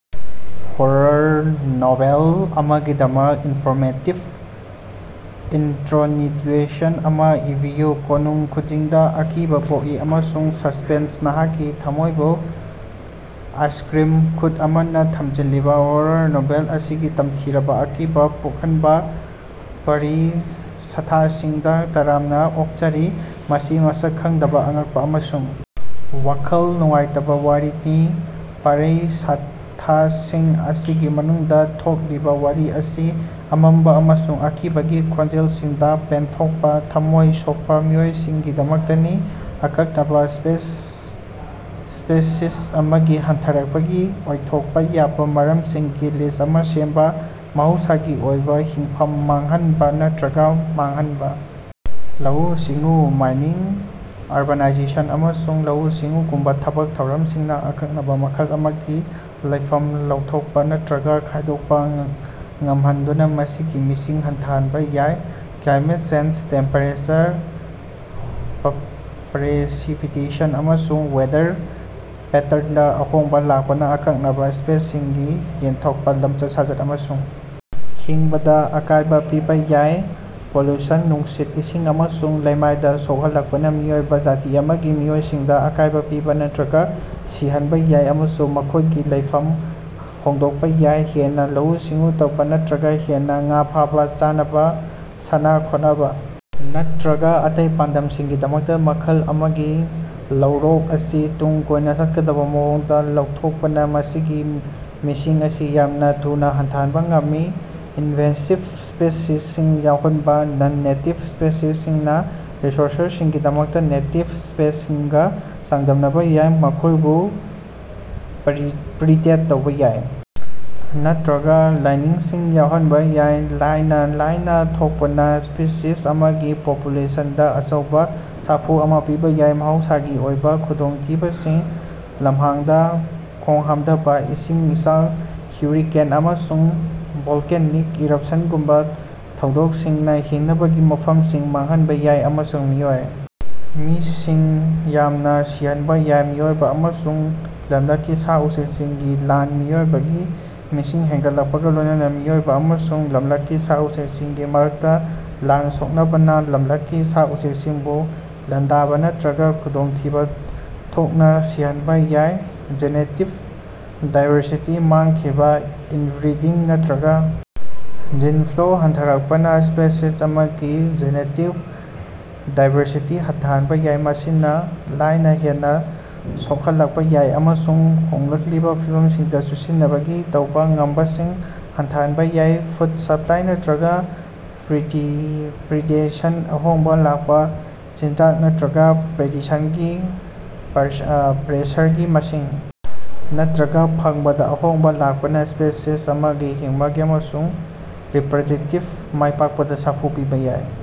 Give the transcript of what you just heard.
Horror novel ꯑꯃꯒꯤꯗꯃꯛ informative introduction ꯑꯃ ꯏꯕꯤꯌꯨ꯫ ꯀꯣꯅꯨꯡ ꯈꯨꯗꯤꯡꯗ ꯑꯀꯤꯕ ꯄꯣꯛꯏ ꯑꯃꯁꯨꯡ ꯁꯁ꯭ꯄꯦꯟꯁꯅ ꯅꯍꯥꯛꯀꯤ ꯊꯝꯃꯣꯏꯕꯨ ꯑꯥꯏꯁꯀ꯭ꯔꯤꯝ ꯈꯨꯠ ꯑꯃꯅ ꯊꯝꯖꯤꯜꯂꯤꯕ ꯍꯣꯔꯔ ꯅꯣꯚꯦꯜ ꯑꯁꯤꯒꯤ ꯇꯝꯊꯤꯔꯕꯥ ꯑꯀꯤꯕ ꯄꯣꯛꯍꯟꯕ ꯄ꯭ꯔ꯭ꯏꯁ꯭ꯊꯥꯁꯤꯡꯗꯥ ꯇꯔꯥꯝꯅꯥ ꯑꯣꯛꯆꯔꯤ꯫ ꯃꯁꯤ ꯃꯁꯛ ꯈꯪꯗꯕ ꯑꯉꯛꯄ ꯑꯃꯁꯨꯡ ꯋꯥꯈꯜ ꯅꯨꯡꯉꯥꯏꯇꯕ ꯋꯥꯔꯤꯅꯤ꯫ ꯄ꯭ꯔ꯭ꯏꯁ꯭ꯊꯥꯁꯤꯡ ꯑꯁꯤꯒꯤ ꯃꯅꯨꯡꯗ ꯊꯣꯛꯂꯤꯕ ꯋꯥꯔꯤ ꯑꯁꯤ ꯑꯃꯝꯕ ꯑꯃꯁꯨꯡ ꯑꯀꯤꯕꯒꯤ ꯈꯣꯟꯖꯦꯜꯁꯤꯡꯗ ꯄꯦꯟꯊꯣꯛꯄ ꯊꯝꯃꯣꯏ ꯁꯣꯛꯄ ꯃꯤꯑꯣꯏꯁꯤꯡꯒꯤꯗꯃꯛꯇꯅꯤ꯫ ꯑꯀꯛꯅꯕꯥ ꯁ꯭ꯄꯦꯁꯤꯁ ꯑꯃꯒꯤ ꯍꯟꯊꯔꯛꯄꯒꯤ ꯑꯣꯏꯊꯣꯛꯄ ꯌꯥꯕ ꯃꯔꯝꯁꯤꯡꯒꯤ ꯂꯤꯁ꯭ꯠ ꯑꯃ ꯁꯦꯝꯕ꯫ ꯃꯍꯧꯁꯥꯒꯤ ꯑꯣꯏꯕ ꯍꯤꯡꯐꯝ ꯃꯥꯡꯍꯟꯕ ꯅꯠꯇ꯭ꯔꯒ ꯃꯥꯡꯍꯟꯕ: ꯂꯧꯎ-ꯁꯤꯡꯎ, ꯃꯥꯏꯅꯤꯡ, ꯑꯔꯕꯥꯅꯥꯏꯖꯦꯁꯟ, ꯑꯃꯁꯨꯡ ꯂꯧꯎ-ꯁꯤꯡꯎꯒꯨꯝꯕ ꯊꯕꯛ ꯊꯧꯔꯝꯁꯤꯡꯅ ꯑꯀꯛꯅꯕ ꯃꯈꯜ ꯑꯃꯒꯤ ꯂꯩꯐꯝ ꯂꯧꯊꯣꯛꯄ ꯅꯠꯇ꯭ꯔꯒ ꯈꯥꯏꯗꯣꯛꯄ ꯉꯝꯍꯟꯗꯨꯅ ꯃꯁꯤꯒꯤ ꯃꯤꯁꯤꯡ ꯍꯟꯊꯍꯟꯕ ꯌꯥꯏ꯫ ꯀ꯭ꯂꯥꯏꯃꯦꯠ ꯆꯦꯟꯖ: ꯇꯦꯝꯄꯦꯔꯦꯆꯔ, ꯄ꯭ꯔꯦꯁꯤꯄꯤꯇꯦꯁꯟ ꯑꯃꯁꯨꯡ ꯋꯦꯗꯔ ꯄꯦꯇꯔꯟꯗ ꯑꯍꯣꯡꯕ ꯂꯥꯛꯄꯅ ꯑꯀꯛꯅꯕ ꯁ꯭ꯄꯦꯁꯤꯁꯁꯤꯡꯒꯤ ꯌꯦꯟꯊꯣꯛꯄ, ꯂꯝꯆꯠ-ꯁꯥꯖꯠ ꯑꯃꯁꯨꯡ ꯍꯤꯡꯕꯗ ꯑꯀꯥꯏꯕ ꯄꯤꯕ ꯌꯥꯏ꯫ ꯄꯣꯂꯨꯁꯟ: ꯅꯨꯡꯁꯤꯠ, ꯏꯁꯤꯡ ꯑꯃꯁꯨꯡ ꯂꯩꯃꯥꯏꯗ ꯁꯣꯛꯍꯜꯂꯛꯄꯅ ꯃꯤꯑꯣꯏꯕ ꯖꯥꯇꯤ ꯑꯃꯒꯤ ꯃꯤꯑꯣꯏꯁꯤꯡꯗ ꯑꯀꯥꯏꯕ ꯄꯤꯕ ꯅꯠꯇ꯭ꯔꯒ ꯁꯤꯍꯟꯕ ꯌꯥꯏ ꯑꯃꯁꯨꯡ ꯃꯈꯣꯏꯒꯤ ꯂꯩꯐꯝ ꯍꯣꯡꯗꯣꯛꯄ ꯌꯥꯏ꯫ ꯍꯦꯟꯅ ꯂꯧꯎ-ꯁꯤꯡꯎ ꯇꯧꯕ ꯅꯠꯇ꯭ꯔꯒ ꯍꯦꯟꯅ ꯉꯥ ꯐꯥꯕ: ꯆꯥꯅꯕ, ꯁꯥꯟꯅ-ꯈꯣꯠꯅꯕ ꯅꯠꯇ꯭ꯔꯒ ꯑꯇꯩ ꯄꯥꯟꯗꯝꯁꯤꯡꯒꯤꯗꯃꯛꯇ ꯃꯈꯜ ꯑꯃꯒꯤ ꯂꯧꯔꯣꯛ ꯑꯁꯤ ꯇꯨꯡ ꯀꯣꯏꯅ ꯆꯠꯀꯗꯕ ꯃꯑꯣꯡꯗ ꯂꯧꯊꯣꯛꯄꯅ ꯃꯁꯤꯒꯤ ꯃꯤꯁꯤꯡ ꯑꯁꯤ ꯌꯥꯝꯅ ꯊꯨꯅ ꯍꯟꯊꯍꯟꯕ ꯉꯝꯃꯤ꯫ ꯏꯅꯚꯦꯁꯤꯕ ꯁ꯭ꯄꯦꯁꯤꯁꯁꯤꯡ ꯌꯥꯎꯍꯟꯕ: ꯅꯟ-ꯅꯦꯇꯤꯕ ꯁ꯭ꯄꯦꯁꯤꯁꯁꯤꯡꯅ ꯔꯤꯁꯣꯔꯁꯁꯤꯡꯒꯤꯗꯃꯛꯇ ꯅꯦꯇꯤꯕ ꯁ꯭ꯄꯦꯁꯤꯁꯁꯤꯡꯒ ꯆꯥꯡꯗꯝꯅꯕ ꯌꯥꯏ,꯫ ꯃꯈꯣꯏꯕꯨ ꯄ꯭ꯔꯤꯗꯦꯠ ꯇꯧꯕ ꯌꯥꯏ ꯅꯠꯇ꯭ꯔꯒ ꯂꯥꯏꯅꯥꯁꯤꯡ ꯌꯥꯎꯍꯟꯕ ꯌꯥꯏ꯫ ꯂꯥꯏꯅꯥ: ꯂꯥꯏꯅꯥ ꯊꯣꯛꯄꯅ ꯁ꯭ꯄꯤꯁꯤꯁ ꯑꯃꯒꯤ ꯄꯣꯄꯨꯂꯦꯁꯟꯗ ꯑꯆꯧꯕ ꯁꯥꯐꯨ ꯑꯃ ꯄꯤꯕ ꯌꯥꯏ꯫ ꯃꯍꯧꯁꯥꯒꯤ ꯑꯣꯏꯕ ꯈꯨꯗꯣꯡꯊꯤꯕꯁꯤꯡ: ꯂꯝꯍꯥꯡꯗ ꯈꯣꯡꯍꯥꯝꯗꯕ, ꯏꯁꯤꯡ ꯏꯆꯥꯎ, ꯍꯨꯔꯤꯀꯦꯟ, ꯑꯃꯁꯨꯡ ꯚꯣꯂꯀꯦꯅꯤꯛ ꯏꯔꯄꯁꯅꯒꯨꯝꯕꯥ ꯊꯧꯗꯣꯛꯁꯤꯡꯅ ꯍꯤꯡꯅꯕꯒꯤ ꯃꯐꯝꯁꯤꯡ ꯃꯥꯡꯍꯟꯕ ꯌꯥꯏ ꯑꯃꯁꯨꯡ ꯃꯤꯑꯣꯏ ꯃꯁꯤꯡ ꯌꯥꯝꯅ ꯁꯤꯍꯟꯕ ꯌꯥꯏ꯫ ꯃꯤꯑꯣꯏꯕ ꯑꯃꯁꯨꯡ ꯂꯝꯂꯛꯀꯤ ꯁꯥ-ꯎꯆꯦꯀꯁꯤꯡꯒꯤ ꯂꯥꯟ: ꯃꯤꯑꯣꯏꯕꯒꯤ ꯃꯤꯁꯤꯡ ꯍꯦꯅꯒꯠꯂꯛꯄꯒ ꯂꯣꯏꯅꯅ ꯃꯤꯑꯣꯏꯕ ꯑꯃꯁꯨꯡ ꯂꯝꯂꯛꯀꯤ ꯁꯥ-ꯎꯆꯦꯀꯁꯤꯡꯒꯤ ꯃꯔꯛꯇ ꯂꯥꯟ ꯁꯣꯛꯅꯕꯅ ꯂꯝꯂꯛꯀꯤ ꯁꯥ-ꯎꯆꯦꯛꯁꯤꯡꯕꯨ ꯂꯥꯟꯗꯥꯕ ꯅꯠꯇ꯭ꯔꯒ ꯈꯨꯗꯣꯡꯊꯤꯕ ꯊꯣꯛꯅ ꯁꯤꯍꯟꯕ ꯌꯥꯏ꯫ ꯖꯦꯅꯦꯇꯤꯛ ꯗꯥꯏꯕꯔꯁꯤꯇꯤ ꯃꯥꯡꯈꯤꯕꯥ: ꯏꯅꯕ꯭ꯔꯤꯗꯤꯡ ꯅꯠꯇ꯭ꯔꯒ ꯖꯤꯟ ꯐ꯭ꯂꯣ ꯍꯟꯊꯔꯛꯄꯅꯥ ꯁ꯭ꯄꯦꯁꯤꯁ ꯑꯃꯒꯤ ꯖꯦꯅꯦꯇꯤꯛ ꯗꯥꯏꯕꯔꯁꯤꯇꯤ ꯍꯟꯊꯍꯟꯕ ꯌꯥꯏ꯫ ꯃꯁꯤꯅ ꯂꯥꯏꯅ ꯍꯦꯟꯅ ꯁꯣꯛꯍꯟꯂꯛꯄ ꯌꯥꯏ ꯑꯃꯁꯨꯡ ꯍꯣꯡꯂꯛꯂꯤꯕ ꯐꯤꯚꯝꯁꯤꯡꯗ ꯆꯨꯁꯤꯟꯅꯕꯒꯤ ꯇꯧꯕ ꯉꯝꯕꯁꯤꯡ ꯍꯟꯊꯍꯟꯕ ꯌꯥꯏ꯫ ꯐꯨꯗ ꯁꯞꯂꯥꯏ ꯅꯠꯇ꯭ꯔꯒ ꯄ꯭ꯔꯤꯗꯦꯁꯟꯗ ꯑꯍꯣꯡꯕ ꯂꯥꯛꯄ: ꯆꯤꯟꯖꯥꯛ ꯅꯠꯇ꯭ꯔꯒ ꯄ꯭ꯔꯤꯗꯦꯁꯟꯒꯤ ꯄ꯭ꯔꯦꯁꯔꯒꯤ ꯃꯁꯤꯡ ꯅꯠꯇ꯭ꯔꯒ ꯐꯪꯕꯗ ꯑꯍꯣꯡꯕ ꯂꯥꯛꯄꯅ ꯁ꯭ꯄꯦꯁꯤꯁ ꯑꯃꯒꯤ ꯍꯤꯡꯕꯒꯤ ꯑꯃꯁꯨꯡ ꯔꯤꯞꯔꯗꯛꯇꯤꯚ ꯃꯥꯏꯄꯥꯛꯄꯗ ꯁꯥꯐꯨ ꯄꯤꯕ ꯌꯥꯏ꯫